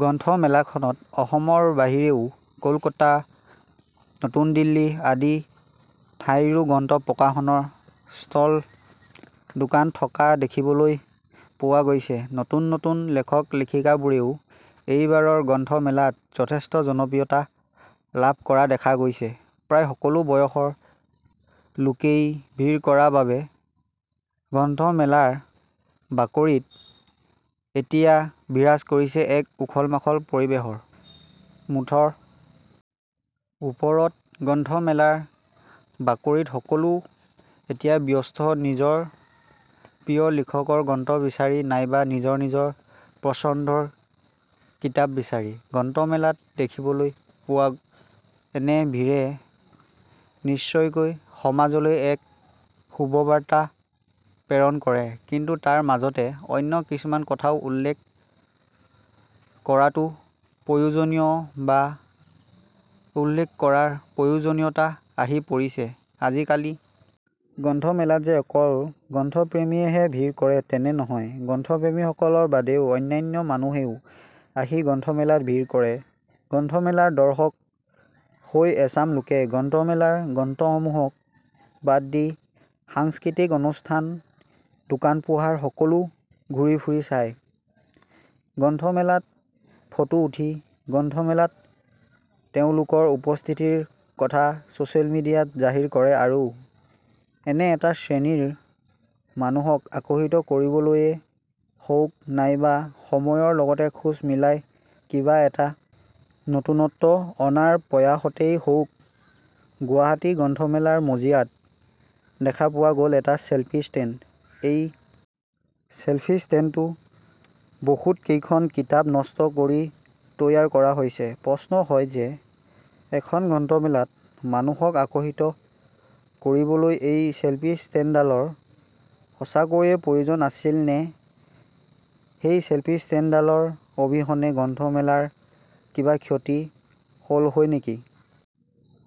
গ্ৰন্থমেলাখনত অসমৰ বাহিৰেও কলকাতা, নতুন দিল্লী আদি ঠাইৰো গ্ৰন্থ প্ৰকাশনৰ ষ্টল দোকান থকা দেখিবলৈ পোৱা গৈছে। নতুন নতুন লেখক-লেখিকাবোৰেও এইবাৰৰ গ্ৰন্থ মেলাত যথেষ্ট জনপ্ৰিয়তা লাভ কৰা দেখা গৈছে। প্ৰায় সকলো বয়সৰ লোকেই ভিৰ কৰা বাবে গ্ৰন্থ মেলাৰ বাকৰিত এতিয়া বিৰাজ কৰিছে এক উখল-মাখল পৰিৱেশৰ। মুঠৰ ওপৰত গ্ৰন্থমেলাৰ বাকৰিত সকলো এতিয়া ব্যস্ত নিজৰ প্ৰিয় লিখকৰ গ্ৰন্থ বিচাৰি নাইবা নিজৰ নিজৰ পছন্দৰ কিতাপ বিচাৰি গ্ৰন্থমেলাত দেখিবলৈ পোৱা এনে ভিৰে নিশ্চয়কৈ সমাজলৈ এক শুভবাৰ্তা প্ৰেৰণ কৰে। কিন্তু তাৰ মাজতে অন্য কিছুমান কথাও উল্লেখ কৰাটো প্ৰয়োজনীয় বা উল্লেখ কৰাৰ প্ৰয়োজনীয়তা আহি পৰিছে। আজিকালি গ্ৰন্থমেলাত যে অকল গ্ৰন্থপ্ৰেমীয়েহে ভিৰ কৰে তেনে নহয়। গ্ৰন্থপ্ৰেমীসকলৰ বাদেও অন্যান্য মানুহেও আহি গ্ৰন্থমেলাত ভিৰ কৰে। গ্ৰন্থমেলাৰ দৰ্শক হৈ এচাম লোকে গ্ৰন্থমেলাৰ গ্ৰন্থসমূহক বাদ দি সাংস্কৃতিক অনুষ্ঠান দোকান পোহাৰ সকলো ঘূৰি-ফুৰি চায়। গ্ৰন্থমেলাত ফটো উঠি, গ্ৰন্থমেলাত তেওঁলোকৰ উপস্থিতিৰ কথা ছচিয়েল মিডিয়াত জাহিৰ কৰে আৰু এনে এটা শ্ৰেণীৰ মানুহক আকৰ্ষিত কৰিবলৈয়ে হওঁক নাইবা সময়ৰ লগত খোজ মিলাই কিবা এটা নতুনত্ব অনাৰ প্ৰয়াসতেই হওঁক, গুৱাহাটী গ্ৰন্থমেলাৰ মজিয়াত দেখা পোৱা গ'ল এটা চেল্ফি ষ্টেণ্ড। এই চেল্ফি ষ্টেণ্ডটো বহুত কেইখন কিতাপ নষ্ট কৰি তৈয়াৰ কৰা হৈছে। প্ৰশ্ন হয় যে এখন গ্ৰন্থমেলাত মানুহক আকৰ্ষিত কৰিবলৈ এই চেল্ফি ষ্টেণ্ডডালৰ সঁচাকৈয়ে প্ৰয়োজন আছিল নে ?সেই চেল্ফি ষ্টেণ্ডডালৰ অবিহনে গ্ৰন্থমেলাৰ কিবা ক্ষতি হ'লহৈ নেকি?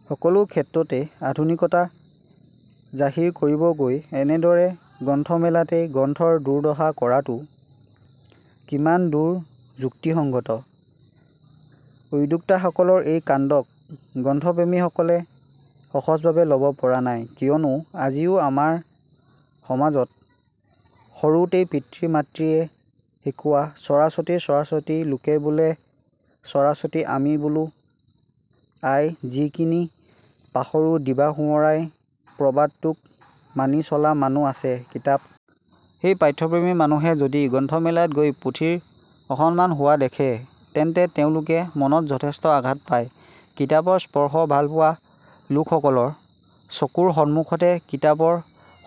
সকলো ক্ষেত্ৰতে আধুনিকতা জাহিৰ কৰিব গৈ এনেদৰে গ্ৰন্থমেলাতে গ্ৰন্থৰ দুৰ্দশা কৰাটো কিমান দূৰ যুক্তিসংগত? উদ্যোক্তাসকলৰ এই কাণ্ডক গ্ৰন্থপ্ৰেমীসকলে সহজভাৱে ল'ব পৰা নাই, কিয়নো আজিও আমাৰ সমাজত সৰুতেই পিতৃ-মাতৃয়ে শিকোৱা সৰস্বতী সৰস্বতী লোকে বোলে সৰস্বতী আমি বোলো আই যিখিনি পাহৰো দিবা সোঁৱৰাই প্ৰবাদটোক মানি চলা মানুহ আছে। কিতাপ সেই পাঠ্যপ্ৰেমী মানুহে যদি গ্ৰন্থমেলাত গৈ পুথিৰ অসন্মান হোৱা দেখে তেন্তে তেওঁলোকে মনত যথেষ্ট আঘাত পায়। কিতাপৰ স্পৰ্শ ভালপোৱা লোকসকলৰ চকুৰ সমুখতে কিতাপৰ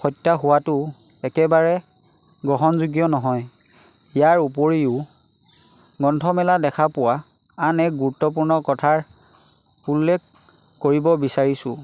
হত্যা হোৱাটো একেবাৰে গ্ৰহণযোগ্য নহয়। ইয়াৰ উপৰিও গ্ৰন্থমেলাত দেখা পোৱা আন এক গুৰুত্বপূৰ্ণ কথাৰ উল্লেখ কৰিব বিচাৰিছো।